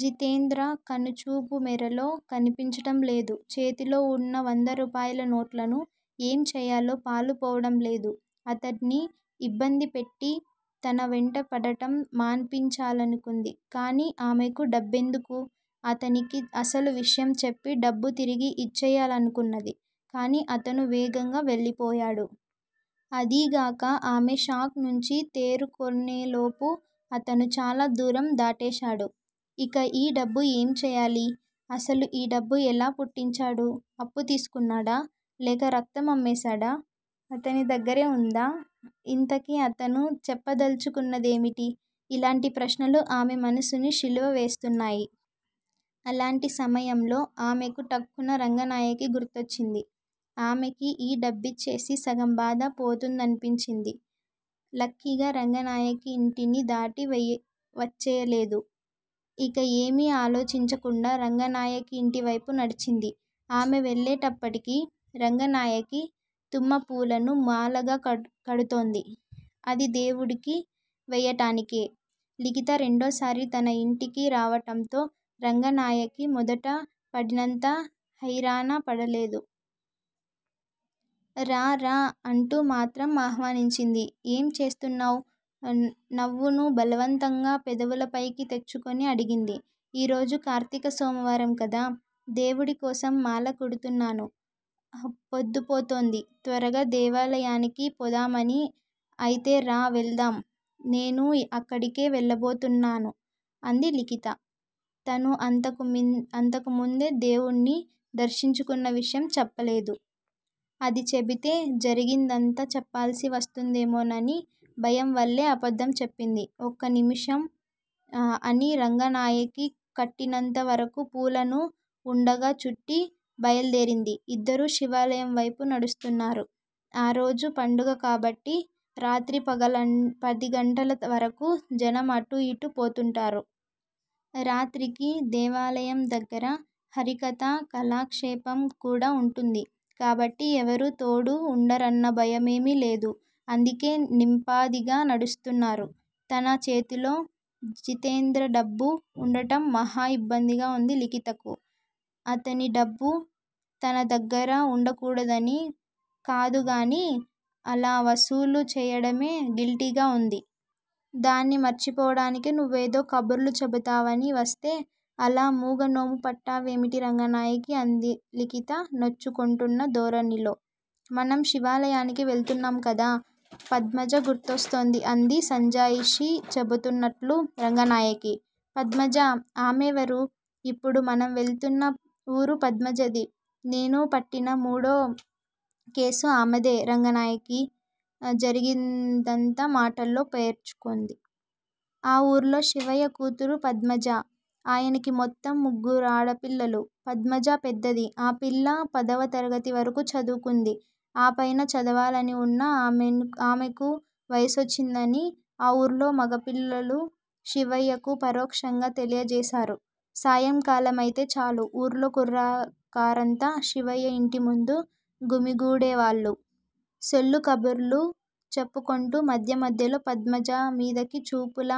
జితేంద్ర కనుచూపు మేరలో కనిపించటం లేదు. చేతిలో వున్న వందరూపాయల నోట్లను ఏం చేయాలో పాలుపోవడం లేదు. అతడ్ని ఇబ్బంది పెట్టి తన వెంట పడడం మాన్పించాలనుకుంది గానీ ఆమెకు డబ్బెందుకు? అతనికి అసలు విషయం చెప్పి డబ్బు తిరిగి ఇచ్చెయ్యాలనుకున్నది కానీ అతను వేగంగా వెళ్ళిపోయాడు. అదీగాక ఆమె షాక్ నుంచి తేరుకునేలోపు అతను చాలా దూరం దాటేశాడు. ఇక ఈ డబ్బు ఏం చేయాలి. అసలు ఈ డబ్బు ఎలా పుట్టించాడు. అప్పు తీసుకున్నాడా? లేక రక్తం అమ్మేశాడా? అతని దగ్గరే వుందా? ఇంతకీ అతను చెప్పదలుచుకున్నదేమిటి? ఇలాంటి ప్రశ్నలు ఆమె మనసుని శిలువ వేస్తున్నాయి. అలాంటి సమయంలో ఆమెకు ఠక్కున రంగనాయకి గుర్తొచ్చింది. ఆమెకి ఈ డబ్బిచ్చేస్తే సగం బాధ పోతుందనిపించింది. లక్కీగా రంగనాయకి ఇంటిని దాటి వచ్చెయ్యలేదు. ఇక ఏమీ ఆలోచించకుండా రంగనాయకి ఇంటివైపు నడిచింది. ఆమె వెళ్ళేటప్పటికి రంగనాయకి తుమ్మపూలను మాలగా కడుతోంది. అది దేవుడికి వేయటానికే. లిఖిత రెండోసారి తన ఇంటికి రావడంతో రంగనాయకి మొదట పడినంత హైరానా పడలేదు. రా రా అంటూ మాత్రం ఆహ్వానించింది. ఏం చేస్తున్నావ్? నవ్వును బలవంతంగా పెదవులపైకి తెచ్చుకుని అడిగింది. ఈరోజు కార్తీక సోమవారం కదా, దేవుడికోసం మాల కడుతున్నాను. పొద్దుపోతుంది. త్వరగా దేవాలయానికి పోదామని అయితే రా వెళదాం. నేనూ అక్కడకే వెళుతున్నాను అంది లిఖిత. తను అంతకు ముందే దేవుడ్ని దర్శించుకున్న విషయం చెప్పలేదు. అది చెబితే జరిగిందంతా చెప్పాల్సి వస్తుందేమోనని భయం వల్లే అబద్దం చెప్పింది. ఒక్క నిముషం అని రంగనాయకి కట్టినంత వరకు పూలను వుండగా చుట్టి బయల్దేరింది. ఇద్దరూ శివాలయం వైపు నడుస్తున్నారు. ఆ రోజు పండగ కాబట్టి రాత్రి పదిగంటల వరకు జనం అటూ యిటూ పోతుంటారు. రాత్రికి దేవాలయం దగ్గర హరికథా కాలక్షేపం కూడా వుంటుంది. కాబట్టి ఎవరూ తోడు వుండరన్న భయమేమీ లేదు. అందుకే నింపాదిగా నడుస్తున్నారు. తన చేతిలో జితేంద్ర డబ్బు వుండడం మహా ఇబ్బందిగా వుంది లిఖితకు. అతని డబ్బు తన దగ్గర వుండకూడదని కాదుగానీ అలా వసూలు చేయడమే గిల్టీగా వుంది. దాన్ని మరిచిపోవడానికే నువ్వేదో కబుర్లు చెబుతావని వస్తే అలా మూగనోము పట్టావేమిటి రంగనాయకీ అంది లిఖిత నొచ్చుకొంటున్న ధోరణిలో. మనం శివాలయానికి వెళుతున్నాం కదా- పద్మజ గుర్తుస్తోంది అంది సంజాయిషీ చెబుతున్నట్లు రంగనాయకి. పద్మజా? ఆమెవరు? ఇప్పుడు మనం వెళుతున్న వూరు పద్మజది. నేను పట్టిన మూడో కేసు ఆమెదే రంగనాయకి జరిగిందంతా మాటల్లో పేర్చుతోంది. ఆ ఊర్లో శివయ్య కూతురు పద్మజ. ఆయనకి మొత్తం ముగ్గురాడపిల్లలు. పద్మజ పెద్దది. ఆ పిల్ల పదవ తరగతి వరకు చదువుకుంది. ఆ పైన చదవాలని వున్నా ఆమెకు వయసొచ్చిందని ఆ ఊర్లో మగపిల్లలు శివయ్యకు పరోక్షంగా తెలియజేశారు. సాయంకాలమైతే చాలు ఊర్లో కుర్రకారంతా శివయ్య ఇంటిముందు గుమిగూడేవాళ్ళు. సొల్లు కబుర్లు చెప్పుకొంటూ మధ్య మధ్యలో పద్మజ మీదకి చూపుల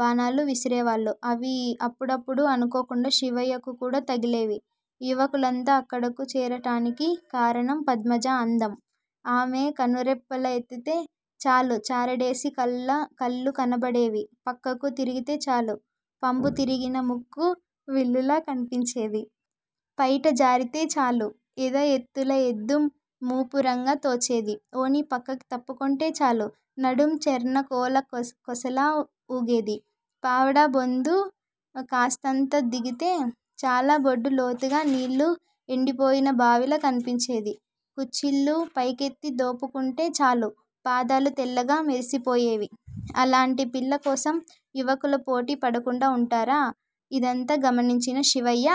బాణాలు విసిరేవాళ్ళు. అవి అప్పుడప్పుడు అనుకోకుండా శివయ్యకు కూడా తగిలేవి. యువకులంతా అక్కడకు చేరడానికి కారణం పద్మజ అందం. ఆమె కనురెప్పలు ఎత్తితే చాలు చారడేసి కళ్ళు కనబడేవి పక్కకు తిరిగితే చాలు పంపు తిరిగిన ముక్కు విల్లులా కనిపించేది. పైట జారితే చాలు ఎద ఎత్తులు ఎద్దు మూపురంగా తోచేది. ఓణి పక్కకి తప్పుకొంటే చాలు నడుం చెర్నకోల కొసలా వూగేది. పావడా బొందు కాస్తంత దిగితే చాలు బొడ్డు లోతుగా నీళ్ళు ఎండిపోయిన బావిలా కనిపించేది. కుచ్చిళ్ళు పైకెత్తి దోపుకుంటే చాలు పాదాలు తెల్లగా మెరిసిపోయేవి. అలాంటి పిల్లకోసం యువకులు పోటీ పడకుండా వుంటారా? ఇదంతా గమనించిన శివయ్య